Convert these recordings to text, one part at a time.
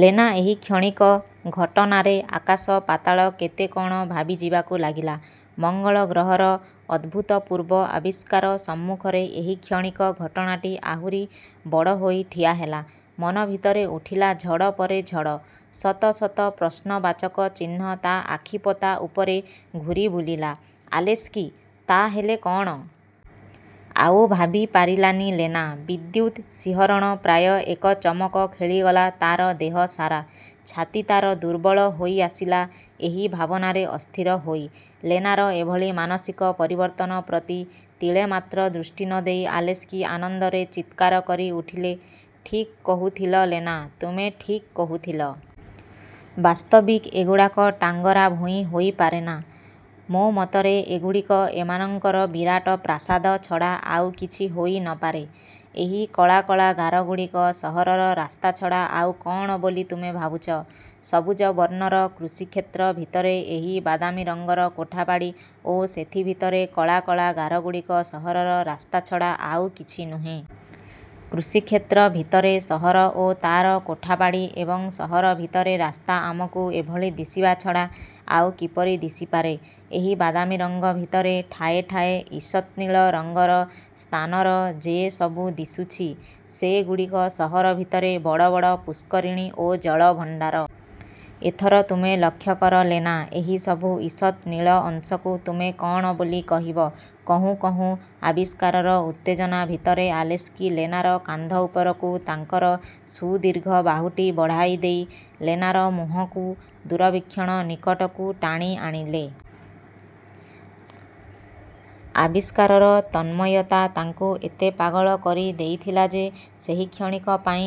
ଲେନା ଏହି କ୍ଷଣିକ ଘଟନାରେ ଆକାଶ ପାତାଳ କେତେ କଣ ଭାବିଯିବାକୁ ଲାଗିଲା। ମଙ୍ଗଳ ଗ୍ରହର ଅଦ୍ଭୁତପୂର୍ବ ଆବିଷ୍କାର ସମ୍ମୁଖରେ ଏହି କ୍ଷଣିକ ଘଟଣାଟି ଆହୁରି ବଡ଼ ହୋଇ ଠିଆହେଲା। ମନ ଭିତରେ ଉଠିଲା ଝଡ଼ ପରେ ଝଡ଼। ଶତ ଶତ ପ୍ରଶ୍ନବାଚକ ଚିହ୍ନ ତା ଆଖିପତା ଉପରେ ଘୂରିବୁଲିଲା-''ଆଲେସ୍କି ତା'ହେଲେ କ'ଣ-? '' ଆଉ ଭାବିପାରିଲାନି ଲେନା। ବିଦ୍ୟୁତ୍ ଶିହରଣ ପ୍ରାୟ ଏକ ଚମକ ଖେଳିଗଲା ତାର ଦେହ ସାରା। ଛାତି ତାର ଦୁର୍ବଳ ହୋଇଆସିଲା ଏହି ଭାବନାରେ ଅସ୍ଥିର ହୋଇ। ଲେନାର ଏଭଳି ମାନସିକ ପରିବର୍ତ୍ତନ ପ୍ରତି ତିଳେମାତ୍ର ଦୃଷ୍ଟି ନଦେଇ ଆଲେସ୍କି ଆନନ୍ଦରେ ଚିତ୍କାର କରି ଉଠିଲେ- ''ଠିକ୍ କହୁଥିଲ ଲେନା, ତୁମେ ଠିକ୍ କହୁଥିଲ। ବାସ୍ତବିକ୍ ଏଗୁଡ଼ାକ ଟାଙ୍ଗରା ଭୂଇଁ ହୋଇପାରେନା। ମୋ ମତରେ ଏଗୁଡ଼ିକ ଏମାନଙ୍କର ବିରାଟ ପ୍ରାସାଦ ଛଡ଼ା ଆଉ କିଛି ହୋଇ ନପାରେ। ଏହି କଳା କଳା ଗାରଗୁଡ଼ିକ ସହରର ରାସ୍ତା ଛଡ଼ା ଆଉ କଣ ବୋଲି ତୁମେ ଭାବୁଛ? ସବୁଜ ବର୍ଣ୍ଣର କୃଷିକ୍ଷେତ୍ର ଭିତରେ ଏହି ବାଦାମୀ ରଙ୍ଗର କୋଠାବାଡ଼ି ଓ ସେଥି ଭିତରେ କଳା କଳା ଗାରଗୁଡ଼ିକ ସହରର ରାସ୍ତା ଛଡ଼ା ଆଉ କିଛି ନୁହେଁ। କୃଷିକ୍ଷେତ୍ର ଭିତରେ ସହର ଓ ତା'ର କୋଠାବାଡ଼ି ଏବଂ ସହର ଭିତରେ ରାସ୍ତା ଆମକୁ ଏଭଳି ଦିଶିବା ଛଡ଼ା ଆଉ କିପରି ଦିଶିପାରେ? ଏହି ବାଦାମୀ ରଙ୍ଗ ଭିତରେ ଠାଏ ଠାଏ ଈଷତ୍ନୀଳ ରଙ୍ଗର ସ୍ଥାନର ଯେ ସବୁ ଦିଶୁଛି, ସେଗୁଡ଼ିକ ସହର ଭିତରେ ବଡ଼ ବଡ଼ ପୁଷ୍କରିଣୀ ଓ ଜଳଭଣ୍ଡାର। ଏଥର ତୁମେ ଲକ୍ଷ୍ୟ କର ଲେନା, ଏହି ସବୁ ଈଷତ୍ ନୀଳ ଅଂଶକୁ ତୁମେ କ'ଣ ବୋଲି କହିବ? '' କହୁଁ କହୁଁ ଆବିଷ୍କାରର ଉତ୍ତେଜନା ଭିତରେ ଆଲେସ୍କି ଲେନାର କାନ୍ଧ ଉପରକୁ ତାଙ୍କର ସୁଦୀର୍ଘ ବାହୁଟି ବଢ଼ାଇଦେଇ ଲେନାର ମୁହଁକୁ ଦୂରବୀକ୍ଷଣ ନିକଟକୁ ଟାଣି ଆଣିଲେ। ଆବିଷ୍କାରର ତନ୍ମୟତା ତାଙ୍କୁ ଏତେ ପାଗଳ କରି ଦେଇଥିଲା ଯେ ସେହି କ୍ଷଣିକ ପାଇଁ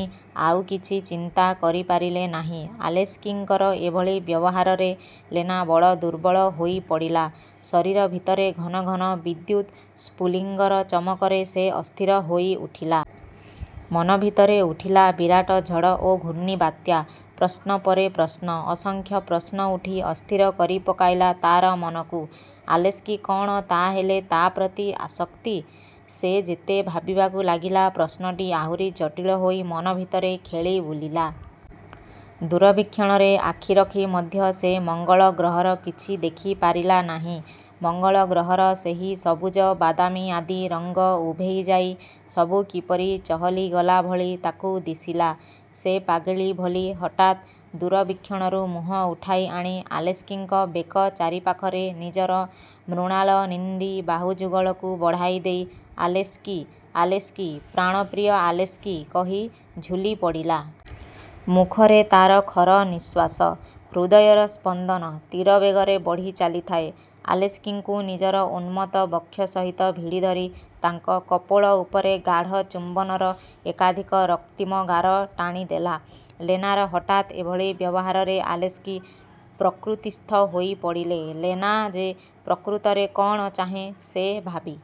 ଆଉ କିଛି ଚିନ୍ତା କରିପାରିଲେ ନାହିଁ। ଆଲେସ୍କିଙ୍କର ଏଭଳି ବ୍ୟବହାରରେ ଲେନା ବଡ଼ ଦୁର୍ବଳ ହୋଇପଡ଼ିଲା। ଶରୀର ଭିତରେ ଘନ ଘନ ବିଦ୍ୟୁତ୍ ସ୍ଫୁଲିଙ୍ଗର ଚମକରେ ସେ ଅସ୍ଥିର ହୋଇ ଉଠିଲା। ମନ ଭିତରେ ଉଠିଲା ବିରାଟ ଝଡ଼ ଓ ଘୂର୍ଣ୍ଣିବାତ୍ୟା। ପ୍ରଶ୍ନ ପରେ ପ୍ରଶ୍ନ, ଅସଂଖ୍ୟ ପ୍ରଶ୍ନ ଉଠି ଅସ୍ଥିର କରି ପକାଇଲା ତାର ମନକୁ। ଆଲେସ୍କି କ'ଣ ତା' ହେଲେ ତା' ପ୍ରତି ଆସକ୍ତି? ସେ ଯେତେ ଭାବିବାକୁ ଲାଗିଲା, ପ୍ରଶ୍ନଟି ଆହୁରି ଜଟିଳ ହୋଇ ମନ ଭିତରେ ଖେଳି ବୁଲିଲା। ଦୂରବୀକ୍ଷଣରେ ଆଖି ରଖି ମଧ୍ୟ ସେ ମଙ୍ଗଳ ଗ୍ରହର କିଛି ଦେଖିପାରିଲା ନାହିଁ ମଙ୍ଗଳ ଗ୍ରହର ସେହି ସବୁଜ ବାଦାମୀଆଦି ରଙ୍ଗ ଉଭେଇଯାଇ ସବୁ କିପରି ଚହଲିଗଲା ଭଳି ତାକୁ ଦିଶିଲା। ସେ ପାଗଳୀ ଭଳି ହଠାତ୍ ଦୂରବୀକ୍ଷଣରୁ ମୁହଁ ଉଠାଇ ଆଣି ଆଲେସ୍କିଙ୍କ ବେକ ଚାରିପାଖରେ ନିଜର ମୃଣାଳନିନ୍ଦୀ ବାହୁଯୁଗଳକୁ ବେଢ଼ାଇଦେଇ, ''ଆଲେସ୍କି, ଆଲେସ୍କି, ପ୍ରାଣପ୍ରିୟ ଆଲେସ୍କି'' କହି ଝୁଲିପଡ଼ିଲା। ମୁଖରେ ତା'ର ଖର ନିଃଶ୍ୱାସ। ହୃଦୟର ସ୍ପନ୍ଦନ ତୀରବେଗରେ ବଢ଼ି ଚାଲିଥାଏ। ଆଲେସ୍କିଙ୍କୁ ନିଜର ଉନ୍ନତ ବକ୍ଷ ସହିତ ଭିଡ଼ିଧରି ତାଙ୍କ କପୋଳ ଉପରେ ଗାଢ଼ ଚୁମ୍ୱନର ଏକାଧିକ ରକ୍ତିମ ଗାର ଟାଣିଦେଲା। ଲେନାର ହଠାତ୍ ଏଭଳି ବ୍ୟବହାରରେ ଆଲେସ୍କି ପ୍ରକୃତିସ୍ଥ ହୋଇପଡ଼ିଲେ। ଲେନା ଯେ ପ୍ରକୃତରେ କ'ଣ ଚାହେଁ ସେ ଭାବି